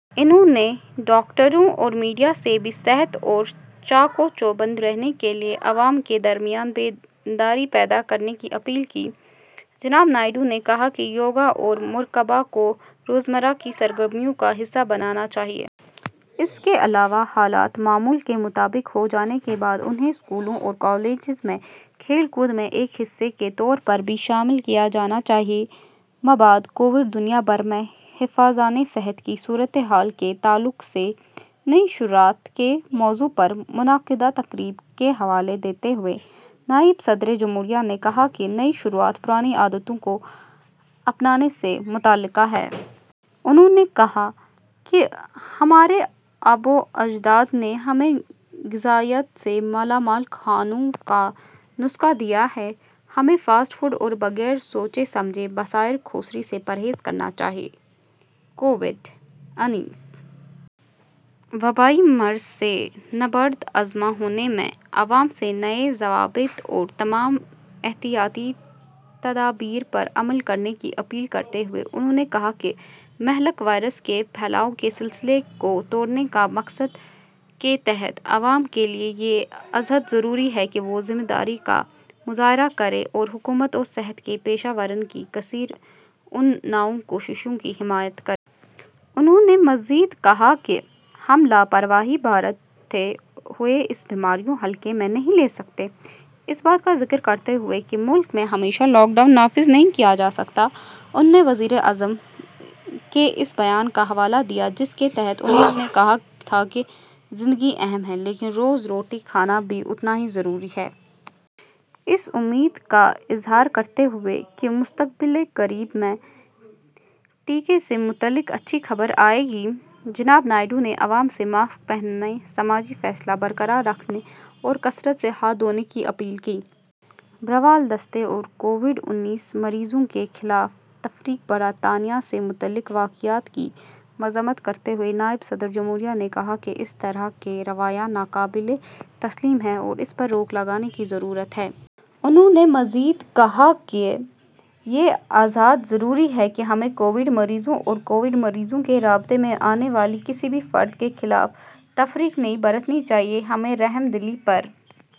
انہوں نے ڈاکٹروں اور میڈیا سے بھی صحت اور چاق و چوبند رہنے کے لئے عوام کے درمیان بیداری پیدا کرنے کی اپیل کی۔ جناب نائیڈو نے کہا کہ یوگا اور مراقبہ کو روزمرہ کی سرگرمیوں کا حصہ بنانا چاہئے۔ اس کے علاوہ حالات معمول کے مطابق ہو جانے کے بعد انہیں اسکولوں اور کالجوں میں کھیل کود میں ایک حصے طور پر بھی شامل کیا جانا چاہئے۔ مابعد کووِڈ دنیا بھر میں حفظانِ صحت کی صورتحال کے تعلق سے نئی شروعات کے موضوع پر منعقدہ تقریب کا حوالہ دیتے ہوئے نائب صدر جمہوریہ نے کہا کہ نئی شروعات پرانی عادتوں کو اپنانے سے متعلق ہے۔ انہوں نے کہا کہ، ''ہمارے آباو اجداد نے ہمیں غذائیت سے مالامال کھانوں کا نسخہ دیا تھا۔ ہمیں فاسٹ فوڈ اور بغیر سوچے سمجھے بسیار خوری سے پرہیز کرنا چاہئے۔ '' کووِڈ انیس وبائی مرض سے نبردآزمائی میں عوام سے نئے ضوابط اور تمام احتیاطی تدابیر پر عمل کرنے کی اپیل کرتے ہوئے انہوں نے کہا کہ مہلک وائرس کے پھیلاؤ کے سلسلے کو توڑنے کے مقصد کے تحت عوام کے لئے یہ ازحد ضروری ہے کہ وہ ذمہ داری کا مظاہرہ کریں اور حکومت و صحتی پیشہ واران کی کثیر النوع کوششوں کی حمایت کریں۔ انہوں نے مزید کہا کہ، ''ہم لاپرواہی برتنے ہوئے اس بیماری کو ہلکے میں نہیں لے سکتے۔ '' اس بات کا ذکر کرتے ہوئے کہ ملک میں ہمیشہ لاک ڈاؤن نافذ نہیں کیا جا سکتا، انہوں نے وزیر اعظم کے اس بیان کا حوالہ دیا جس کے تحت انہوں نے کہا تھا کہ زندگی اہم ہے لیکن روز روٹی کمانا بھی اتنا ہی ضروری ہے۔ اس امید کا اظہار کرتے ہوئے کہ مستقبل قریب میں ٹیکہ سے متعلق اچھی خبر آئے گی، جناب نائیڈو نے عوام سے ماسک پہننے، سماجی فاصلہ برقرار رکھنے اور کثرت سے ہاتھ دھونے کی اپیل کی۔ ہراول دستے اور کووِڈ انیس مریضوں کے خلاف تفریق برتنے سے متعلق واقعات کی مذمت کرتے ہوئے نائب صدر جمہوریہ نے کہا کہ اس طرح کا رویہ ناقابل تسلیم ہے اور اس پر روک لگانے کی ضرورت ہے۔ انہوں نے مزید کہا کہ، ''یہ ازحد ضروری ہے کہ ہمیں کووِڈ مریضوں اور کووِڈ مریضوں کے رابطے میں آنے والے کسی بھی فرد کے خلاف تفریق نہیں برتنی چاہئے۔ ہمیں رحم دلی پر